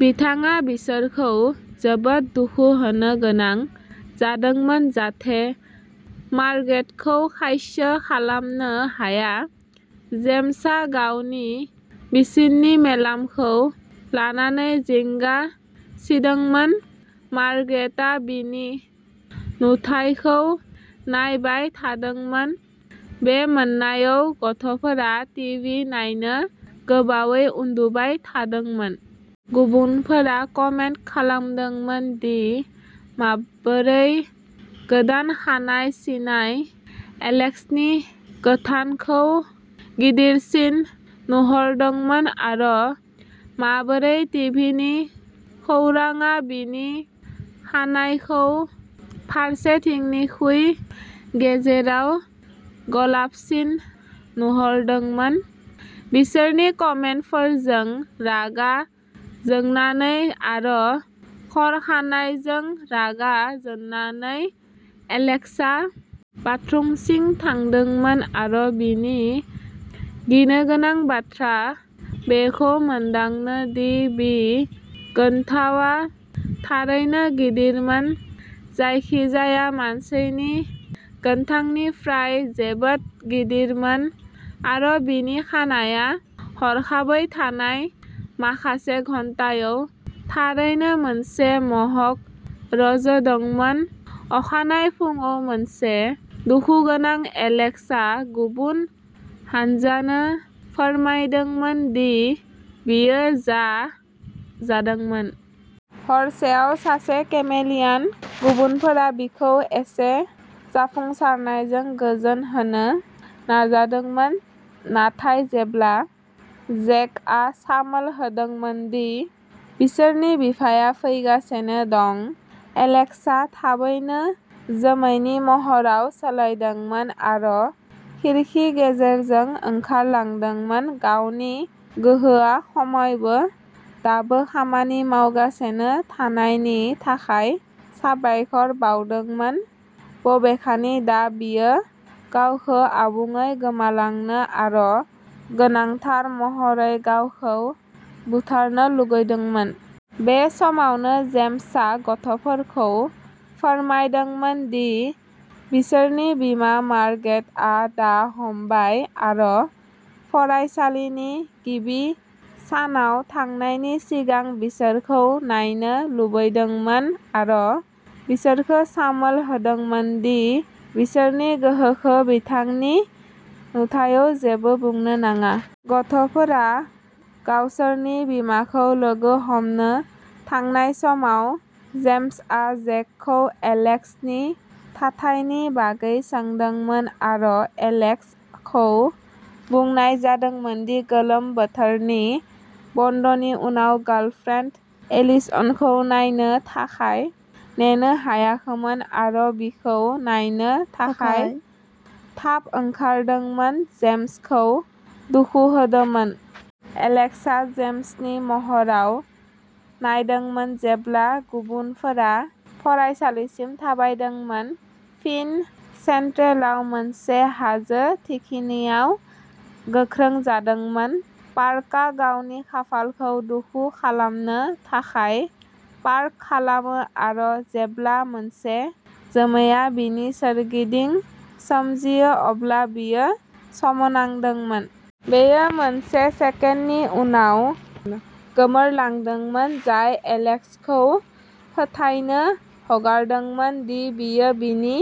बिथाङा बिसोरखौ जोबोद दुखु होनो गोनां जादोंमोन जाहाथे मार्ग्रेट खौ खायसो खालामनो हाया। जेम्स आ गावनि बिसिनि मेलेमखौ लानानै जिंगा सिदोंमोन, मार्ग्रेट आ बिनि नुथायखौ नायबाय थादोंमोन। बै मोनायाव गथ'फोरा टिभि नायनो गोबावै उन्दुबाय थादोंमोन। गुबुनफोरा कमेन्त खालामदोंमोन दि माबोरै गोदान खानाय सिनाय एलेक्स नि गन्थंखौ गिदिरसिन नुहोदोंमोन आर माबोरै टिभिनि सोरांआ बिनि खानाइखौ फारसेथिंनिख्रुइ गेजेराव गोलावसिन नुहोदोंमोन। बिसोरनि कमेन्तफोरजों रागा जोंनानै आर खर'सानायजों रागा जोंनानै, एलेक्स आ बाथरुमसिम थांदोंमोन आरो बिनि गिनो गोनां बाथ्राया बेखौ मोनदाङो दि बिनि गन्थंआ थारैनो गिदिरमोन जायखिजाया मानसिनि गन्थंनिफ्राय जोबोद गिदिरमोन आरो बिनि खानाइया हरखाबै थांनाय माखासे घन्टायाव थारैनो मोनसे मह'क रज'दोंमोन अखानायै फुंआव मोनसे दुखुगोनां एलेक्स आ गुबुन हानजानो फोरमायदोंमोन दि बियो जा जादोंमोन। हरसेआव सासे किमेलियान। गुबुनफोरा बिखौ एसे जाफुंसारनायजों गोजोन होनो नाजादोंमोन, नाथाय जेब्ला जेकआ सामोल होदोंमोन दि बिसोरनि बिफाया फैगासिनो दं एलेक्स आ थाबैनो जोमैनि महराव सोलायदोंमोन आरो खिरखि गेजेरजों ओंखारलांदोंमोन, गावनि गोहोआ खमैबो दाबो खामानि मावगासिनो थानायनि थाखाय साबायखर बावदोंमोन, बबेखानि दा बियो गावखौ आबुङै गोमालांनो आरो गोनांथार महरै गावखौ बुथारनो लुबैदोंमोन। बे समावनो जेम्स आ गथ'फोरखौ फोरमायदोंमोन दि बिसोरनि बिमा मार्ग्रेट आ दा हामबाय आरो फरायसालिनि गिबि सानाव थांनायनि सिगां बिसोरखौ नायनो लुबैदोंमोन आरो बिसोरखौ सामोल होदोंमोन दि बिसोरनि गोहोखौ बिथांनि नुथायाव जेबो बुंनो नाङा। गथ'फोरा गावसोरनि बिमाखौ लोगो हमनो थांनाय समाव, जेम्स आ जेकखौ एलेक्स नि थाथायनि बागै सोंदोंमोन आरो एलेक्स खौ बुंनाय जादोंमोन दि गोलोम बोथोरनि बन्द'नि उनाव गार्लफ्रेन्ड एलिसनखौ नायनो थाखाय नेनो हायाखैमोन आरो बिखौ नायनो थाखाय थाब ओंखारदोंमोन, जेम्स खौ दुखु होदोंमोन। एलेक्स आ जोमैनि महराव नायदोंमोन जेब्ला गुबुनफोरा फरायसालिसिम थाबायदोंमोन, फिन सेन्ट्रेलआव मोनसे हाजो थिखिनियाव गोख्रों जादोंमोन। पार्कआ गावनि खाफालखौ दुखु खालामनो थाखाय पार्क खालामो आरो जेब्ला मोनसे जोमैआ बिनि सोरगिदिं सोमजियो अब्ला बियो सोमोनांदोंमोन। बेयो मोनसे सेकेन्डनि उनाव गोमोरदोंमोन, जाय एलेक्स खौ फोथायनो हगारदोंमोन दि बेयो बिनि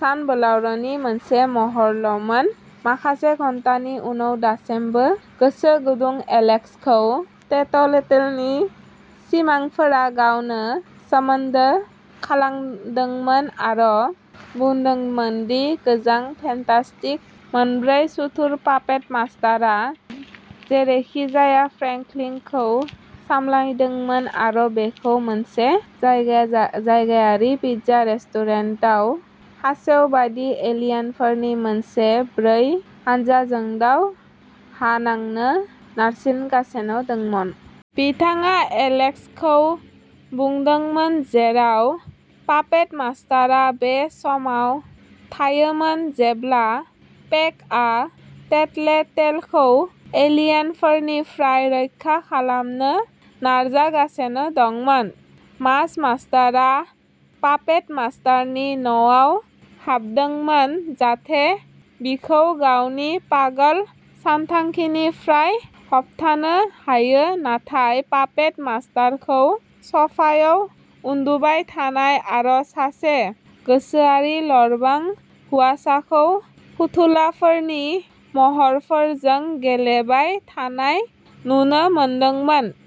सानबोलावरिनि मोनसे महरल'मोन। माखासे घन्टानि उनाव दासिमबो गोसो गुदुं एलेक्स खौ टेटलेटेलनि सिमांफोरा गावनो सोमोन्दो खालामदोंमोन आरो बुंदोंमोन दि गोजाम फेन्टास्टिक मोनब्रै सुथुर पापेट मास्टारआ जेरैखिजाया फ्रेंकलिनखौ सामलायदोंमोन आरो बिखौ मोनसे जायगा जायगायारि पिज्जा रेस्टुरेन्टआव खासेव बायदि एलियनफोरनि मोनसे ब्रै हानजाजों दावहा नांनो नारसिनगासिनो दंमोन। बिथाङा एलेक्स खौबो बुंदोंमोन जेराव पापेट मास्टारआ बै समाव थायोमोन। जेब्ला पेकआ टेटलेटेलखौ एलियनफोरनिफ्राय रैखा खालामनो नाजागासिनो दंमोन, मास मास्टार आ पापेट मास्टारनि न'आव हाबदोंमोन जाहाथे बिखौ गावनि पागल सानथांखिनिफ्राय होबथानो हायो, नाथाय पापेट मास्टारखौ सोफायाव उन्दुबाय थानाय आरो सासे गोसोआरि लोरबां हौवासाखौ फुथुलाफोरनि महरफोरजों गेलेबाय थानाय नुनो मोनदोंमोन।